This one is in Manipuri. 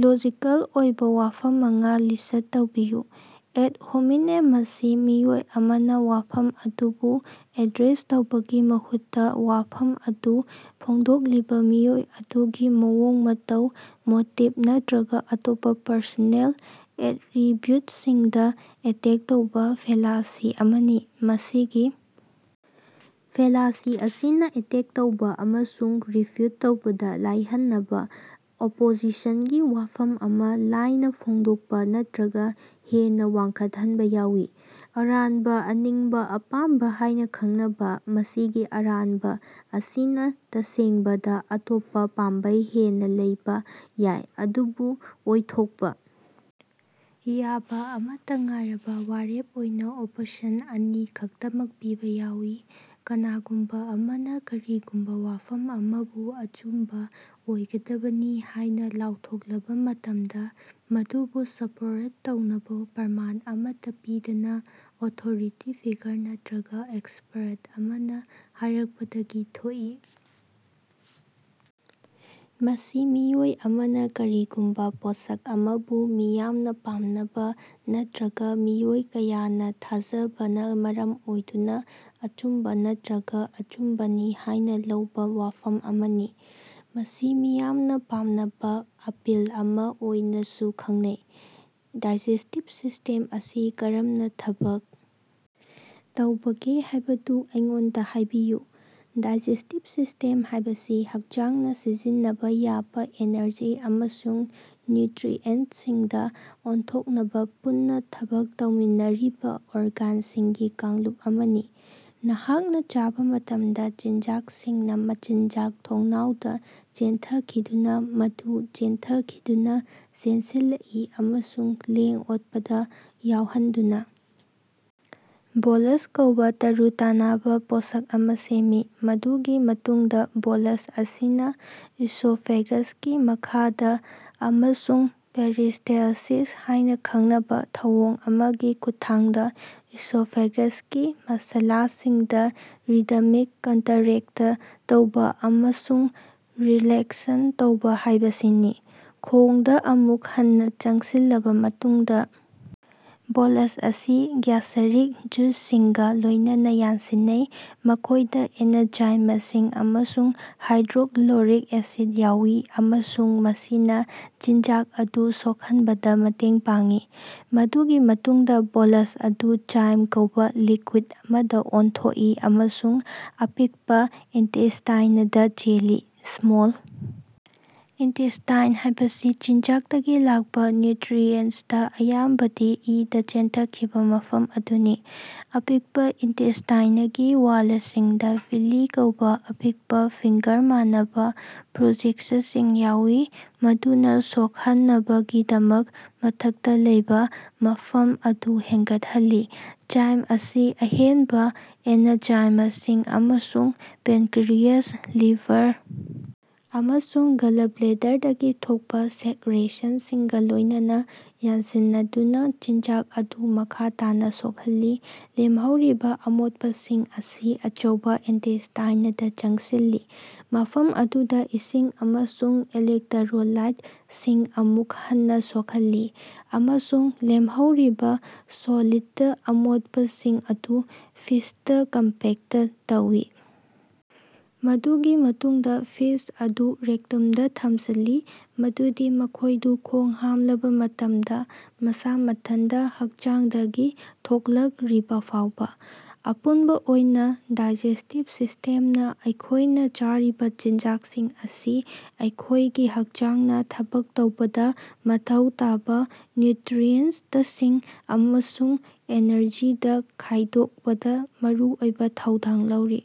ꯂꯣꯖꯤꯀꯦꯜ ꯑꯣꯏꯕ ꯋꯥꯐꯝ ꯃꯉꯥ ꯂꯤꯁ꯭ꯠ ꯇꯧꯕꯤꯌꯨ꯫ ꯑꯦꯗ ꯍꯣꯃꯤꯅꯦꯝ ꯃꯁꯤ ꯃꯤꯑꯣꯏ ꯑꯃꯅꯥ ꯋꯥꯐꯝ ꯑꯗꯨꯕꯨ ꯑꯦꯗ꯭ꯔꯦꯁ ꯇꯧꯕꯒꯤ ꯃꯍꯨꯠꯇꯥ ꯋꯥꯐꯝ ꯑꯗꯨ ꯐꯣꯡꯗꯣꯛꯂꯤꯕꯥ ꯃꯤꯑꯣꯏ ꯑꯗꯨꯒꯤ ꯃꯑꯣꯡ ꯃꯇꯧ, ꯃꯣꯇꯤꯕ ꯅꯠꯇ꯭ꯔꯒꯥ ꯑꯇꯣꯞꯄꯥ ꯄꯔꯁꯣꯅꯦꯜ ꯑꯦꯠꯔꯤꯕ꯭ꯌꯨꯠꯁꯤꯡꯗꯥ ꯑꯦꯇꯦꯛ ꯇꯧꯕ ꯐꯦꯂꯥꯁꯤ ꯑꯃꯅꯤ꯫ ꯃꯁꯤꯒꯤ ꯐꯦꯂꯥꯁꯤ ꯑꯁꯤꯅꯥ ꯑꯦꯇꯦꯛ ꯇꯧꯕ ꯑꯃꯁꯨꯡ ꯔꯤꯐ꯭ꯌꯨꯠ ꯇꯧꯕꯗꯥ ꯂꯥꯏꯍꯟꯅꯕꯥ ꯑꯣꯄꯣꯖꯤꯁꯟꯒꯤ ꯋꯥꯐꯝ ꯑꯃꯥ ꯂꯥꯟꯅꯥ ꯐꯣꯡꯗꯣꯛꯄꯥ ꯅꯠꯇ꯭ꯔꯒꯥ ꯍꯦꯟꯅ ꯋꯥꯡꯈꯠꯍꯟꯕꯥ ꯌꯥꯎꯏ꯫ ꯑꯔꯥꯟꯕꯥ ꯑꯅꯤꯡꯕ ꯑꯄꯥꯝꯕ ꯍꯥꯏꯅ ꯈꯪꯅꯕꯥ, ꯃꯁꯤꯒꯤ ꯑꯔꯥꯟꯕꯥ ꯑꯁꯤꯅꯥ ꯇꯁꯦꯡꯕꯗ ꯑꯇꯣꯞꯄ ꯄꯥꯝꯕꯩ ꯍꯦꯟꯅ ꯂꯩꯕ ꯌꯥꯏ, ꯑꯗꯨꯕꯨ ꯑꯣꯏꯊꯣꯛꯄ ꯌꯥꯕ ꯑꯃꯠꯇꯥ ꯉꯥꯏꯔꯕ ꯋꯥꯔꯦꯞ ꯑꯣꯏꯅ ꯑꯣꯄꯁꯟ ꯑꯅꯤ ꯈꯛꯇꯃꯛ ꯄꯤꯕ ꯌꯥꯎꯏ꯫ ꯀꯅꯥꯒꯨꯝꯕꯥ ꯑꯃꯅꯥ ꯀꯔꯤꯒꯨꯝꯕꯥ ꯋꯥꯐꯝ ꯑꯃꯥꯕꯨ ꯑꯆꯨꯝꯕꯥ ꯑꯣꯏꯒꯗꯕꯅꯤ ꯍꯥꯏꯅ ꯂꯥꯎꯊꯣꯛꯂꯕꯥ ꯃꯇꯝꯗꯥ, ꯃꯗꯨꯕꯨ ꯁꯄꯣꯔꯠ ꯇꯧꯅꯕꯥ ꯄ꯭ꯔꯃꯥꯟ ꯑꯃꯠꯇꯥ ꯄꯤꯗꯅꯥ, ꯑꯣꯊꯣꯔꯤꯇꯤ ꯐꯤꯒꯔ ꯅꯠꯇ꯭ꯔꯒꯥ ꯑꯦꯛꯁꯄꯔꯠ ꯑꯃꯅꯥ ꯍꯥꯏꯔꯛꯄꯗꯒꯤ ꯊꯣꯛꯏ꯫ ꯃꯁꯤ ꯃꯤꯑꯣꯏ ꯑꯃꯅꯥ ꯀꯔꯤꯒꯨꯝꯕꯥ ꯄꯣꯠꯁꯛ ꯑꯃꯕꯨ ꯃꯤꯌꯥꯝꯅꯥ ꯄꯥꯝꯅꯕꯥ ꯅꯠꯇ꯭ꯔꯒꯥ ꯃꯤꯑꯣꯏ ꯀꯌꯥꯅꯥ ꯊꯥꯖꯕꯅꯥ ꯃꯔꯝ ꯑꯣꯏꯗꯨꯅꯥ ꯑꯆꯨꯝꯕꯥ ꯅꯠꯇ꯭ꯔꯒ ꯑꯆꯨꯝꯕꯅꯤ ꯍꯥꯏꯅꯥ ꯂꯧꯕ ꯋꯥꯐꯝ ꯑꯃꯅꯤ꯫ ꯃꯁꯤ ꯃꯤꯌꯥꯝꯅꯥ ꯄꯥꯝꯅꯕꯥ ꯑꯄꯤꯜ ꯑꯃꯥ ꯑꯣꯏꯅꯥꯁꯨ ꯈꯪꯅꯩ꯫ ꯗꯥꯏꯖꯦꯁꯇꯤꯚ ꯁꯤꯁꯇꯦꯝ ꯑꯁꯤ ꯀꯔꯝꯅꯥ ꯊꯕꯛ ꯇꯧꯕꯒꯦ ꯍꯥꯏꯕꯗꯨ ꯑꯩꯉꯣꯟꯗꯥ ꯍꯥꯏꯕꯤꯌꯨ꯫ ꯗꯥꯏꯖꯦꯁꯇꯤꯚ ꯁꯤꯁꯇꯦꯝ ꯍꯥꯏꯕꯁꯤ ꯍꯛꯆꯥꯡꯅꯥ ꯁꯤꯖꯤꯟꯅꯕꯥ ꯌꯥꯕꯥ ꯑꯦꯅꯔꯖꯤ ꯑꯃꯁꯨꯡ ꯅ꯭ꯌꯨꯠꯔꯤꯑꯦꯟꯇꯁꯤꯡꯗꯥ ꯑꯣꯟꯊꯣꯛꯅꯕꯥ ꯄꯨꯟꯅꯥ ꯊꯕꯛ ꯇꯧꯃꯤꯟꯅꯔꯤꯕꯥ ꯑꯣꯔꯒꯥꯟꯁꯤꯡꯒꯤ ꯀꯥꯡꯂꯨꯞ ꯑꯃꯅꯤ꯫ ꯅꯍꯥꯛꯅꯥ ꯆꯥꯕꯥ ꯃꯇꯝꯗꯥ, ꯆꯤꯟꯖꯥꯛꯁꯤꯡꯅꯥ ꯃꯆꯤꯟꯖꯥꯛ ꯊꯣꯡꯅꯥꯎꯗꯥ ꯆꯦꯟꯊꯈꯤꯗꯨꯅꯥ ꯃꯗꯨ ꯆꯦꯟꯊꯈꯤꯗꯨꯅꯥ ꯆꯦꯟꯁꯤꯜꯂꯛꯏ ꯑꯃꯁꯨꯡ ꯂꯦꯡ-ꯑꯣꯠꯄꯗꯥ ꯌꯥꯎꯍꯟꯗꯨꯅꯥ ꯕꯣꯂꯁ ꯀꯧꯕ ꯇꯔꯨ-ꯇꯥꯟꯅꯕꯥ ꯄꯣꯠꯁꯛ ꯑꯃꯥ ꯁꯦꯝꯃꯤ꯫ ꯃꯗꯨꯒꯤ ꯃꯇꯨꯡꯗꯥ ꯕꯣꯂꯁ ꯑꯁꯤꯅꯥ ꯏꯁꯣꯐꯦꯒꯁꯀꯤ ꯃꯈꯥꯗꯥ ꯑꯃꯁꯨꯡ ꯄꯦꯔꯤꯁ꯭ꯇꯦꯂꯁꯤꯁ ꯍꯥꯏꯅꯥ ꯈꯪꯅꯕꯥ ꯊꯧꯑꯣꯡ ꯑꯃꯒꯤ ꯈꯨꯠꯊꯥꯡꯗꯥ ꯏꯁꯣꯐꯦꯒꯁꯀꯤ ꯃꯁꯂꯁꯤꯡꯗꯥ ꯔꯤꯗꯃꯤꯛ ꯀꯟꯠꯔꯦꯛꯇ ꯇꯧꯕꯥ ꯑꯃꯁꯨꯡ ꯔꯤꯂꯦꯛꯁꯟ ꯇꯧꯕꯥ ꯍꯥꯏꯕꯁꯤꯅꯤ꯫ ꯈꯣꯡꯗꯥ ꯑꯃꯨꯛ ꯍꯟꯅꯥ ꯆꯪꯁꯤꯜꯂꯕꯥ ꯃꯇꯨꯡꯗꯥ ꯕꯣꯂꯁ ꯑꯁꯤ ꯒ꯭ꯌꯥꯁꯠꯔꯤꯛ ꯖꯨꯁꯁꯤꯡꯒꯥ ꯂꯣꯏꯅꯅꯥ ꯌꯥꯟꯁꯤꯟꯅꯩ, ꯃꯈꯣꯏꯗꯥ ꯑꯦꯅꯖꯥꯏꯃꯁꯤꯡ ꯑꯃꯁꯨꯡ ꯍꯥꯏꯗ꯭ꯔꯣꯛꯂꯣꯔꯤꯛ ꯑꯦꯁꯤꯠ ꯌꯥꯎꯏ ꯑꯃꯁꯨꯡ ꯃꯁꯤꯅꯥ ꯆꯤꯟꯖꯥꯛ ꯑꯗꯨ ꯁꯣꯛꯍꯟꯕꯗꯥ ꯃꯇꯦꯡ ꯄꯥꯡꯏ꯫ ꯃꯗꯨꯒꯤ ꯃꯇꯨꯡꯗꯥ ꯕꯣꯂꯁ ꯑꯗꯨ ꯆꯥꯏꯝ ꯀꯧꯕꯥ ꯂꯤꯛꯌꯨꯏꯗ ꯑꯃꯗꯥ ꯑꯣꯟꯊꯣꯛꯏ ꯑꯃꯁꯨꯡ ꯑꯄꯤꯛꯄꯥ ꯏꯟꯇꯦꯁꯇꯥꯏꯅꯗꯥ ꯆꯦꯜꯂꯤ꯫ ꯁ꯭ꯃꯣꯜ ꯏꯟꯇꯦꯁꯇꯥꯏꯟ ꯍꯥꯏꯕꯁꯤ ꯆꯤꯟꯖꯥꯛꯇꯒꯤ ꯂꯥꯛꯄꯥ ꯅ꯭ꯌꯨꯠꯔꯤꯑꯦꯟꯇ ꯑꯌꯥꯝꯕꯗꯤ ꯏꯗꯥ ꯆꯦꯟꯊꯈꯤꯕꯥ ꯃꯐꯝ ꯑꯗꯨꯅꯤ꯫ ꯑꯄꯤꯛꯄꯥ ꯏꯟꯇꯦꯁꯇꯥꯏꯅꯒꯤ ꯋꯥꯂꯁꯤꯡꯗꯥ ꯚꯤꯂꯤ ꯀꯧꯕꯥ ꯑꯄꯤꯛꯄꯥ ꯐꯤꯡꯒꯔ-ꯃꯥꯟꯅꯕꯥ ꯄ꯭ꯔꯣꯖꯦꯛꯁꯁꯤꯡ ꯌꯥꯎꯏ, ꯃꯗꯨꯅꯥ ꯁꯣꯛꯍꯟꯅꯕꯒꯤꯗꯃꯛ ꯃꯊꯛꯇꯥ ꯂꯩꯕꯥ ꯃꯐꯝ ꯑꯗꯨ ꯍꯦꯟꯒꯠꯍꯜꯂꯤ꯫ ꯆꯥꯏꯝ ꯑꯁꯤ ꯑꯍꯦꯟꯕꯥ ꯑꯦꯅꯖꯥꯏꯃꯁꯤꯡ ꯑꯃꯁꯨꯡ ꯄꯦꯟꯀꯔꯤꯑꯦꯖ, ꯂꯤꯚꯔ ꯑꯃꯁꯨꯡ ꯒꯥꯂꯕ꯭ꯂꯦꯗꯔꯗꯒꯤ ꯊꯣꯛꯄꯥ ꯁꯦꯛꯔꯦꯁꯟꯁꯤꯡꯒꯥ ꯂꯣꯏꯅꯅꯥ ꯌꯥꯟꯁꯤꯟꯅꯗꯨꯅꯥ ꯆꯤꯟꯖꯥꯛ ꯑꯗꯨ ꯃꯈꯥ ꯇꯥꯅꯥ ꯁꯣꯛꯍꯜꯂꯤ꯫ ꯂꯦꯝꯍꯧꯔꯤꯕꯥ ꯑꯃꯣꯠꯄꯁꯤꯡ ꯑꯁꯤ ꯑꯆꯧꯕꯥ ꯏꯟꯇꯦꯁꯇꯥꯏꯅꯗꯥ ꯆꯪꯁꯤꯜꯂꯤ, ꯃꯐꯝ ꯑꯗꯨꯗꯥ ꯏꯁꯤꯡ ꯑꯃꯁꯨꯡ ꯏꯂꯦꯛꯠꯔꯣꯂꯥꯏꯠꯁꯤꯡ ꯑꯃꯨꯛ ꯍꯟꯅꯥ ꯁꯣꯛꯍꯜꯂꯤ, ꯑꯃꯁꯨꯡ ꯂꯦꯝꯍꯧꯔꯤꯕꯥ ꯁꯣꯂꯤꯠꯇ ꯑꯃꯣꯠꯄꯁꯤꯡ ꯑꯗꯨ ꯐꯤꯁꯇꯥ ꯀꯝꯄꯦꯛꯇ ꯇꯧꯏ꯫ ꯃꯗꯨꯒꯤ ꯃꯇꯨꯡꯗꯥ ꯐꯤꯁ ꯑꯗꯨ ꯔꯦꯛꯇꯨꯝꯗꯥ ꯊꯝꯖꯤꯜꯂꯤ ꯃꯗꯨꯗꯤ ꯃꯈꯣꯏꯗꯨ ꯈꯣꯡ ꯍꯥꯝꯂꯕꯥ ꯃꯇꯝꯗꯥ ꯃꯁꯥ ꯃꯊꯟꯇꯥ ꯍꯛꯆꯥꯡꯗꯒꯤ ꯊꯣꯛꯂꯛꯔꯤꯕ ꯐꯥꯎꯕꯥ꯫ ꯑꯄꯨꯟꯕꯥ ꯑꯣꯏꯅ, ꯗꯥꯏꯖꯦꯁꯇꯤꯚ ꯁꯤꯁꯇꯦꯝꯅꯥ ꯑꯩꯈꯣꯏꯅꯥ ꯆꯥꯔꯤꯕꯥ ꯆꯤꯟꯖꯥꯛꯁꯤꯡ ꯑꯁꯤ ꯑꯩꯈꯣꯏꯒꯤ ꯍꯛꯆꯥꯡꯅꯥ ꯊꯕꯛ ꯇꯧꯕꯗꯥ ꯃꯊꯧ ꯇꯥꯕꯥ ꯅ꯭ꯌꯨꯠꯔꯤꯑꯦꯟꯇꯁꯤꯡ ꯑꯃꯁꯨꯡ ꯑꯦꯅꯔꯖꯤꯗꯥ ꯈꯥꯏꯗꯣꯛꯄꯗꯥ ꯃꯔꯨꯑꯣꯏꯕꯥ ꯊꯧꯗꯥꯡ ꯂꯧꯔꯤ꯫